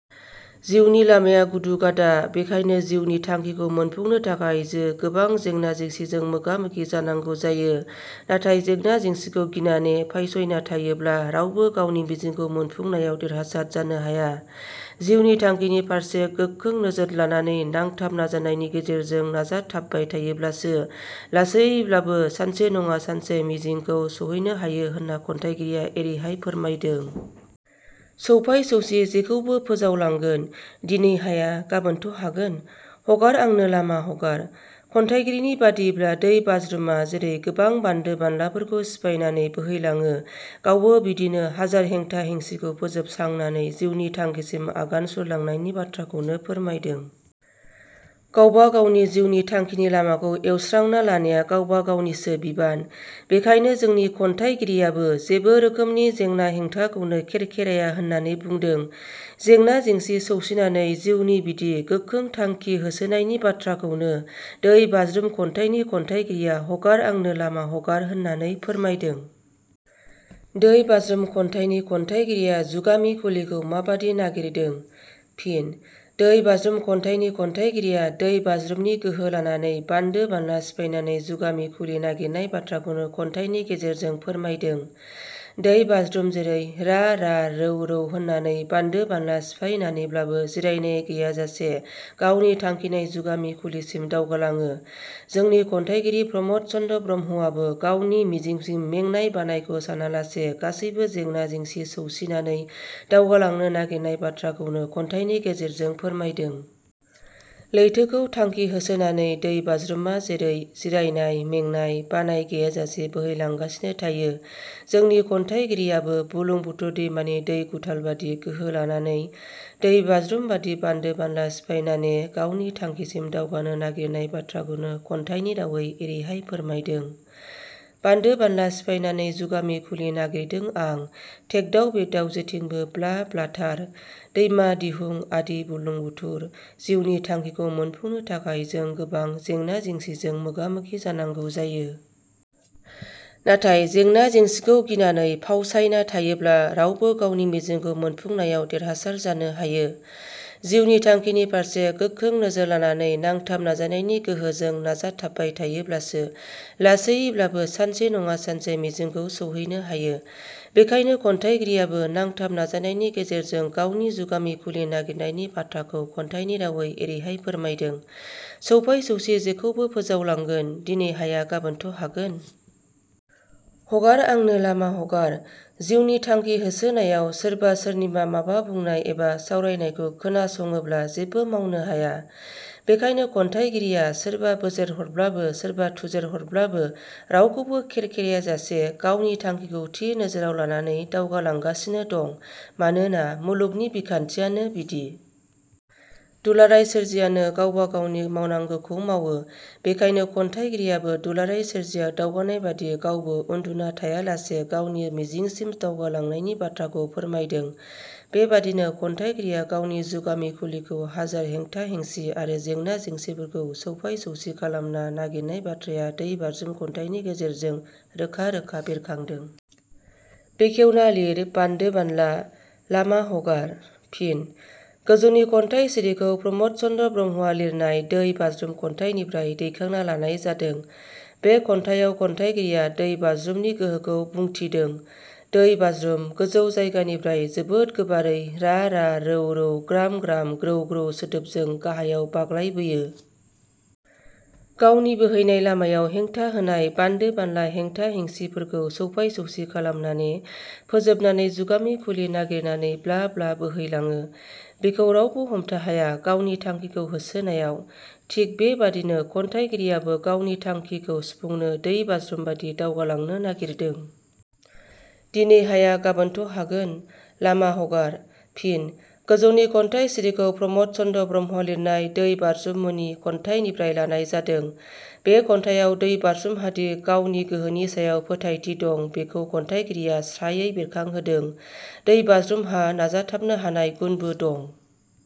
जिउनि लामाया गुदु गादा, बेखायनो जिउनि थांखिखौ मोनफुंनो थाखाय जो गोबां जेंना-जेंसिजों मोगा मोगि जानांगौ जायो नाथाय जेंना जेंसिखौ गिनाने फावसायना थायोब्ला रावबो गावनि मिजिंखौ मोनफुंनायाव देरहासार जानो हाया। जिउनि थांखिनि फारसे गोखों नोजोर लानानै नांथाब नाजानायनि गोहोजों नाजाथाबबाय थायोब्लासो लासैयैब्लाबो सानसे नङा सानसे मिजिंखौ सहैनो हायो होनना खन्थाइगिरिया एरैहाय फोरमायदों-। सौफाइ सौसि जेखौबो फोजावलांगोन, दिनै हाया गाबोनथ' हागोन? हगार आंनो लामा हगार। खन्थाइगिरिनि बादियैब्ला दै बाज्रुमा जेरै गोबां बान्दो बानलाफोरखौ सिफायनानै बोहैलाङो गावबो बिदिनो हाजार हेंथा हेंसिखौ फोजोबसांनानै जिउनि थांखिसिम आगान सुरलांनायनि बाथ्राखौनो फोरमायदों। गावबा गाव जिउनि थांखिनि लामाखौ एवस्रांना लानाया गावबा गावनिसो बिबान। बेखायनो जोंनि खन्थाइगिरियाबो जेबो रोखोमनि जेंना-हेंथाखौनो खेरखेराया होननानै बुंदों। जेंना जेंसि सौसिनानै जिउनि बिदि गोखों थांखि होसोनायनि बाथ्राखौनो 'दै बाज्रुम' खन्थाइनि खन्थाइगिरिया हगार आंनो लामा हगार होननानै फोरमायदों।. 'दै बाज्रुम' खन्थाइनि खन्थाइगिरिया जुगामि खुलिखौ माबादि नागिरदों? फिन: 'दै बाज्रुम' खन्थाइनि खन्थाइगिरिया दै बाज्रुमनि गोहो लानानै बानदो बानला सिफायनानै जुगामि खुलि नागिरनाय बाथ्राखौनो खन्थाइनि गेजेरजों फोरमायदों। दै बाज्रुम जेरै रा रा रौ रौ होननानै बानदो बानला सिफायनानैब्लाबो जिरायनाय गैयाजासे गावनि थांखिनाय जुगामि खुलिसिम दावगालाङो जोंनि खन्थाइगिरि प्रमद चन्द्र ब्रह्मआबो गावनि मिजिंसिम मेंनाय-बानायखौ सानालासे गासैबो जेंना जेंसि सौसिनानै दावगालांनो नागिरनाय बाथ्राखौनो खन्थाइनि गेजेरजों फोरमायदों। लैथोखौ थांखि होसोनानै दै बाज्रुमा जेरै जिरायनाय, मेंनाय – बानाय गैयाजासे बोहैलांगासिनो थायो जोंनि खन्थाइगिरियाबो बुरलुं बुथुर दैमानि दै गुथालबादि गोहो लानानै, दै बाज्रुम बादि बानदो बानला सिफायनाने गावनि थांखिसिम दावगानो नागिरनाय बाथ्राखौनो खन्थाइनि रावै एरैहाय फोरमायदों- बानदो-बानला सिफायनानै जुगामि खुलि नागिरदों आं; थेगदाव बेगदाव जेथिंबो ब्ला ब्लाथार, दैमा दिहुं आदि बुरलुंबुथुर- जिउनि थांखिखौ मोनफुंनो थाखाय जों गोबां जेंना-जेंसिजों मोगा मोगि जानांगौ जायो। नाथाय जेंना जेंसिखौ गिनानै फावसायना थायोब्ला रावबो गावनि मिजिंखौ मोनफुंनायाव देरहासार जानो हायो। जिउनि थांखिनि फारसे गोखों नोजोर लानानै नांथाब नाजानायनि गोहोजों नाजाथाबबाय थायोब्लासो लासैयैब्लाबो सानसे नङा सानसे मिजिंखौ सहैनो हायो। बेखायनो खन्थाइगिरियाबो नांथाब नाजानायनि गेजेरजों गावनि जुगामि खुलि नागिरनायनि बाथाखौ खन्थाइनि रावै एरैहाय फोरमायदों- सौफाइ सौसि जेखौबो फोजावलांगोन, दिनै हाया गाबोनथ' हागोन? हगार आंनो लामा हगार। जिउनि थांखि होसोनायाव सोरबा सोरनिबा माबा बुंनाय एवा सावरायनायखौ खोनासङोब्ला जेबो मावनो हाया, बेखायनो खन्थाइगिरिया सोरबा बोज्रेदहरब्लाबो सोरबा थुज्रेदहरब्लाबो रावखौबो खेरखेरायाजासे गावनि थांखिखौ थि नोजोराव लानानै दावगालांगासिनो दं। मानोना मुलुगनि बिखान्थियानो बिदि। दुलाराय सोरजियानो गावबा गावनि मावनांगौखौ मावो। बेखायनो खन्थाइगिरियाबो दुलाराय सोरजिया दावगानाय बादि गावबो उन्दुना थायालासे गावनि मिजिंसिम दावगालांनायनि बाथ्राखौ फोरमायदों। बेबादिनो खन्थाइगिरिया गावनि जुगामि खुलिखौ हाजार हेंथा हेंसि आरो जेंना-जेंसिफोरखौ सौफाय सौसि खालामना नागिरनाय बाथ्राया दै बाज्रुम खन्थाइनि गेजेरजों रोखा रोखा बेरखांदों। बेखेवना लिर बान्दो बानला……. लामा हगार। फिनः गोजौनि खन्थाइ सिरिखौ प्रमद चन्द्र ब्रह्मआ लिरनाय 'दै बाज्रुम' खन्थाइनिफ्राय दैखांना लानाय जादों। बे खन्याइयाव खन्याइगिरिया दै बाज्रुमनि गोहोखौ बुंथिदों। दै बाज्रुम गोजौ जायगानिफ्राय जोबोद गोबारै रा रा रौ रौ ग्राम ग्राम ग्रौ ग्रौ सोदोबजों गाहायाव बाग्लायबोयो। गावनि बोहैनाय लामायाव हेंथा होनाय बान्दो-बाला हेंथा-हेंसिफोरखौ सौफाय-सौसि खालामनाने फोजोबनानै जुगामि खुलि नागिरनानै ब्ला ब्ला बोहै लाङो। बेखौ रावबो हमथाहाया गावनि थांखिखौ होसोनायाव। थिग बेबादिनो खन्थाइगिरियाबो गावनि थांखिखौ सुफुंनो दै बाज्रुम बायदि दावगालांनो नागिरदों। दिनै हाया गाबोनथ' हागोन…….. लामा हगार। फिनः गोजौनि खन्थाइ सिरिखौ प्रमद चन्द्र ब्रह्म लिनाय "दै बाज्रुम' मुनि खन्थाइनिफ्राय लानाय जादों। बे खन्थाइयाव दै बाज्रुमहादि गावनि गोहोनि सायाव फोथायथि दं बेखौ खन्थाइगिरिया स्रायै बेरखांहोदों। दै बाज्रुमहा नाजाथाबनो हानाय गुनबो दं।